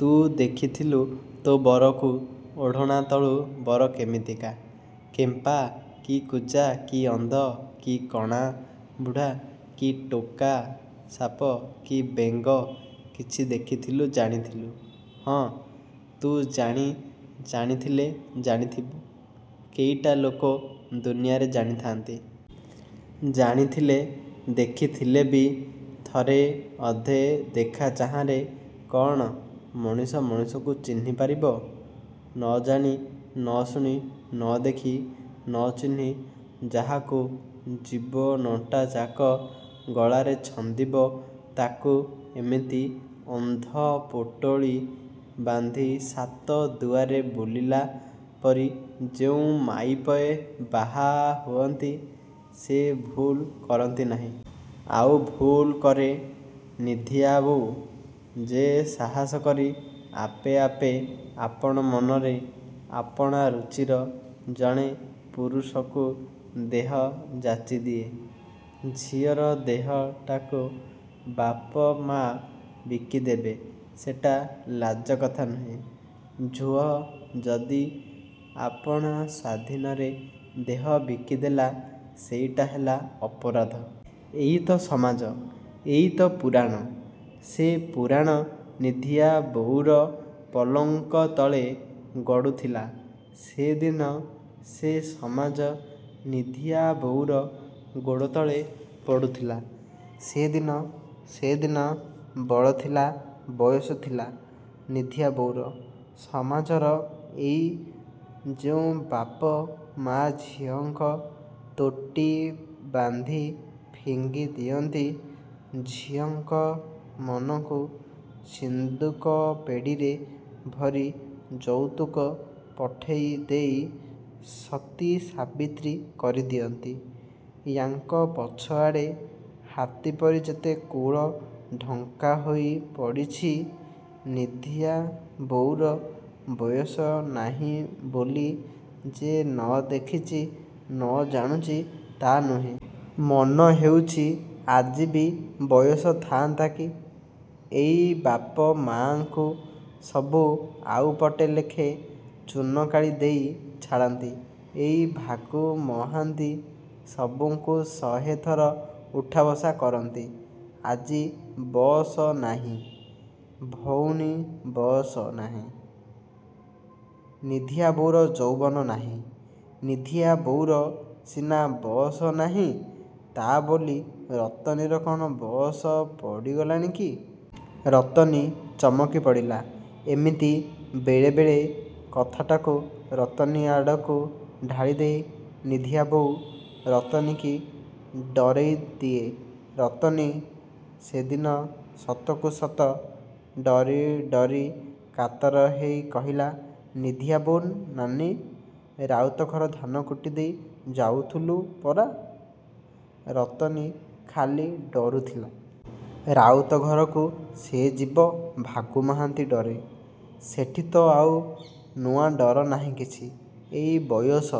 ତୁ ଦେଖିଥିଲୁ ତୋ ବରକୁ ଓଢ଼ଣା ତଳୁ ବର କେମିତିକା? କେମ୍ପା କି କୁଜା କି ଅନ୍ଧ କି କଣା ବୁଢ଼ା କି ଟୋକା ସାପ କି ବେଙ୍ଗ କିଛି ଦେଖିଥିଲୁ ଜାଣିଥିଲୁ? ହଁ ତୁ ଜାଣି ଜାଣିଥିଲେ ଜାଣିଥିବୁ, କେଇଟା ଲୋକ ଦୁନିଆରେ ଜାଣିଥାନ୍ତି? ଜାଣିଥିଲେ, ଦେଖିଥିଲେବି ଥରେ ଅଧେ ଦେଖାଚାହାଁରେ କ'ଣ ମଣିଷ ମଣିଷକୁ ଚିହ୍ନିପାରିବ? ନଜାଣି ନଶୁଣି, ନଦେଖି, ନଚିହ୍ନି ଯାହାକୁ ଜୀବନଟାଯାକ ଗଳାରେ ଛନ୍ଦିବ, ତାକୁ ଏମିତି ଅନ୍ଧପୋଟଳି ବାନ୍ଧି ସାତ ଦୁଆରେ ବୁଲିଲା ପରି ଯେଉଁ ମାଇପେ ବାହା ହୁଅନ୍ତି ସେ ଭୁଲ୍ କରନ୍ତି ନାହିଁ? ଆଉ ଭୁଲ୍ କରେ ନିଧିଆ ବୋଉ, ଯେ ସାହସ କରି, ଆପେ ଆପେ, ଆପଣାମନରେ ଆପଣାରୁଚିର ଜଣେ ପୁରୁଷକୁ ଦେହ ଯାଚି ଦିଏ। ଝିଅର ଦେହଟାକୁ ବାପ ମା ବିକି ଦେବେ ସେଟା ଲାଜକଥା ନୁହେଁ, ଝୁଅ ଯଦି ଆପଣା ସ୍ୱାଧୀନରେ ଦେହ ବିକି ଦେଲା ସେଇଟା ହେଲା ଅପରାଧ। ଏଇତ ସମାଜ, ଏଇତ ପୁରାଣ। ସେ ପୁରାଣ ନିଧିଆ ବୋଉର ପଲଙ୍କ ତଳେ ଗଡ଼ୁଥିଲା ସେଦିନ ସେ ସମାଜ ନିଧିଆବୋଉର ଗୋଡ଼ତଳେ ପଡ଼ୁଥିଲା ସେଦିନ ସେଦିନ ବଳଥିଲା ବଅସ ଥିଲା ନିଧିଆବୋଉର। ସମାଜର ଏଇ ଯେଉଁ ବାପ ମା ଝିଅଙ୍କ ତୋଟି ବାନ୍ଧି ଫିଙ୍ଗି ଦିଅନ୍ତି, ଝିଅଙ୍କ ମନକୁ ସିନ୍ଦୁକ ପେଡ଼ିରେ ଭରି ଯୌତୁକ ପଠେଇ ଦେଇ ସତୀସାବିତ୍ରୀ କରିଦଅନ୍ତି ''ୟାଙ୍କ ପଛଆଡ଼େ ହାତୀପରି ଯେତେ କୁଳ ଢଙ୍କାହୋଇ ପଡ଼ିଛି ନିଧିଆବୋଉର ବୟସ ନାହିଁ ବୋଲି ଯେ ନଦେଖିଚି ନ ଜାଣୁଚି ତା' ନୁହେଁ। ମନ ହେଉଚି ଆଜିବି ବଅସ ଥାଆନ୍ତା କି, ଏଇ ବାପ ମାଙ୍କୁ ସବୁ ଆଉ ପଟେ ଲେଖେ ଚୂନକାଳି ଦେଇ ଛାଡ଼ନ୍ତି। ଏଇ ଭାଗୁ ମହାନ୍ତି ସବୁଙ୍କୁ ଶହେଥର ଉଠାବସା କରନ୍ତି। ଆଜି ବଅସ ନାହିଁ, ଭଉଣୀ ବଅସ ନାହିଁ। ନିଧିଆବୋଉର ଯୌବନ ନାହିଁ। ନିଧିଆବୋଉର ସିନା ବଅସ ନାହିଁ, ତା' ବୋଲି ରତନୀର କ'ଣ ବଅସ ପଡ଼ିଗଲାଣି କି? '' ରତନୀ ଚମକି ପଡ଼ିଲା। ଏମିତି ବେଳେବେଳେ କଥାଟାକୁ ରତନୀ ଆଡ଼କୁ ଢାଳିଦେଇ ନିଧିଆବୋଉ ରତନୀକି ଡରେଇ ଦିଏ। ରତନୀ ସେଦିନ ସତକୁସତ ଡରି ଡରି କାତର ହେଇ କହିଲା ''ନିଧିଆବୋଉ ନାନୀ, ରାଉତ ଘର ଧାନକୁଟି ଦେଇ ଯାଉଥିଲୁ ପରା! '' ରତନୀ ଖାଲି ଡରୁଥିଲା। ରାଉତ ଘରକୁ ସେ ଯିବ ଭାଗୁ ମହାନ୍ତି ଡରେ। ସେଠି ତ ଆଉ ନୂଆ ଡର ନାହିଁ କିଛି? ଏଇ ବୟସ,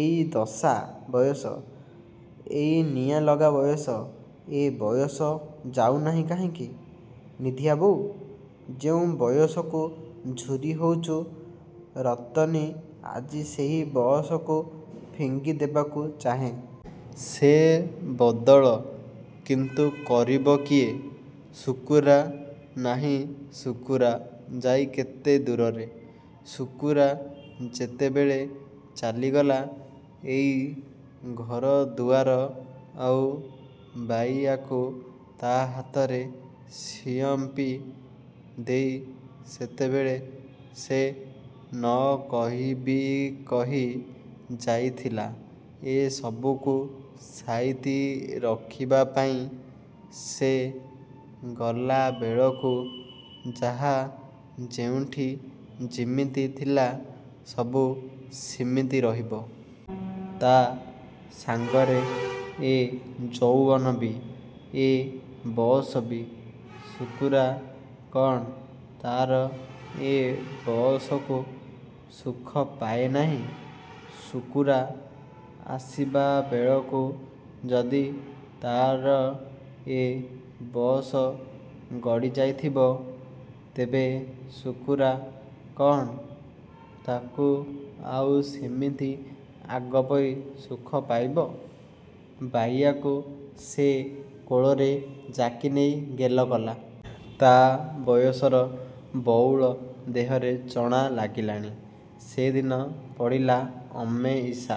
ଏଇ ଦଶା ବୟସ, ଏଇ ନିଆଁ ଲଗା ବୟସ! ଏ ବୟସ ଯାଉ ନାହିଁ କାହିଁକି? ନିଧିଆବୋଉ ଯେଉଁ ବୟସକୁ ଝୁରି ହଉଚି ରତନୀ ଆଜି ସେହି ବଅସକୁ ଫିଙ୍ଗି ଦେବାକୁ ଚାହେଁ। ସେ ବଦଳ କିନ୍ତୁ କରିବ କିଏ? ଶୁକୁରା ନାହିଁ ଶୁକୁରା ଯାଇ କେତେ ଦୂରରେ। ଶୁକୁରା ଯେତେବେଳେ ଚାଲିଗଲା, ଏଇ ଘରଦୁଆର ଆଉ ବାଇୟାକୁ ତା' ହାତରେ ସଁଅପି ଦେଇ ସେତେବେଳେ ସେ ନ କହିବି କହି ଯାଇଥିଲା ଏସବୁକୁ ସାଇତି ରଖିବାପାଇଁ। ସେ ଗଲାବେଳକୁ ଯାହା ଯେଉଁଠି ଯିମିତି ଥିଲା, ସବୁ ସିମିତି ରହିବ। ତା' ସାଙ୍ଗରେ ଏ ଯୌବନବି? ଏ ବଅସବି? ଶୁକୁରା କ'ଣ ତା'ର ଏ ବଅସକୁ ସୁଖପାଏ ନାହିଁ। ଶୁକୁରା ଆସିବାବେଳକୁ ଯଦି ତା'ର ଏ ବଅସ ଗଡ଼ିଯାଇଥିବ, ତେବେ ଶୁକୁରା କ'ଣ ତାକୁ ଆଉ ସେମିତି ଆଗପରି ସୁଖ ପାଇବ? ବାଇୟାକୁ ସେ କୋଳରେ ଯାକିନେଇ ଗେଲ କଲା। ତା' ବୟସର ବଉଳ ଦେହରେ ଚଣା ଲାଗିଲାଣି। ସେଦିନ ପଡ଼ିଲା ଅମେଇସା।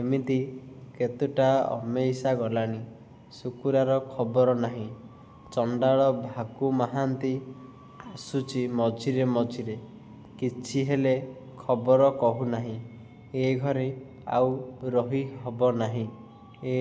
ଏମିତି କେତୁଟା ଅମେଇସା ଗଲାଣି। ଶୁକୁରାର ଖବର ନାହିଁ। ଚଣ୍ଡାଳ ଭାଗୁ ମହାନ୍ତି ଆସୁଚି ମଝିରେ ମଝିରେ। କିଛି ହେଲେ ଖବର କହୁନାହିଁ। ଏ ଘରେ ଆଉ ରହିହବ ନାହିଁ। ଏ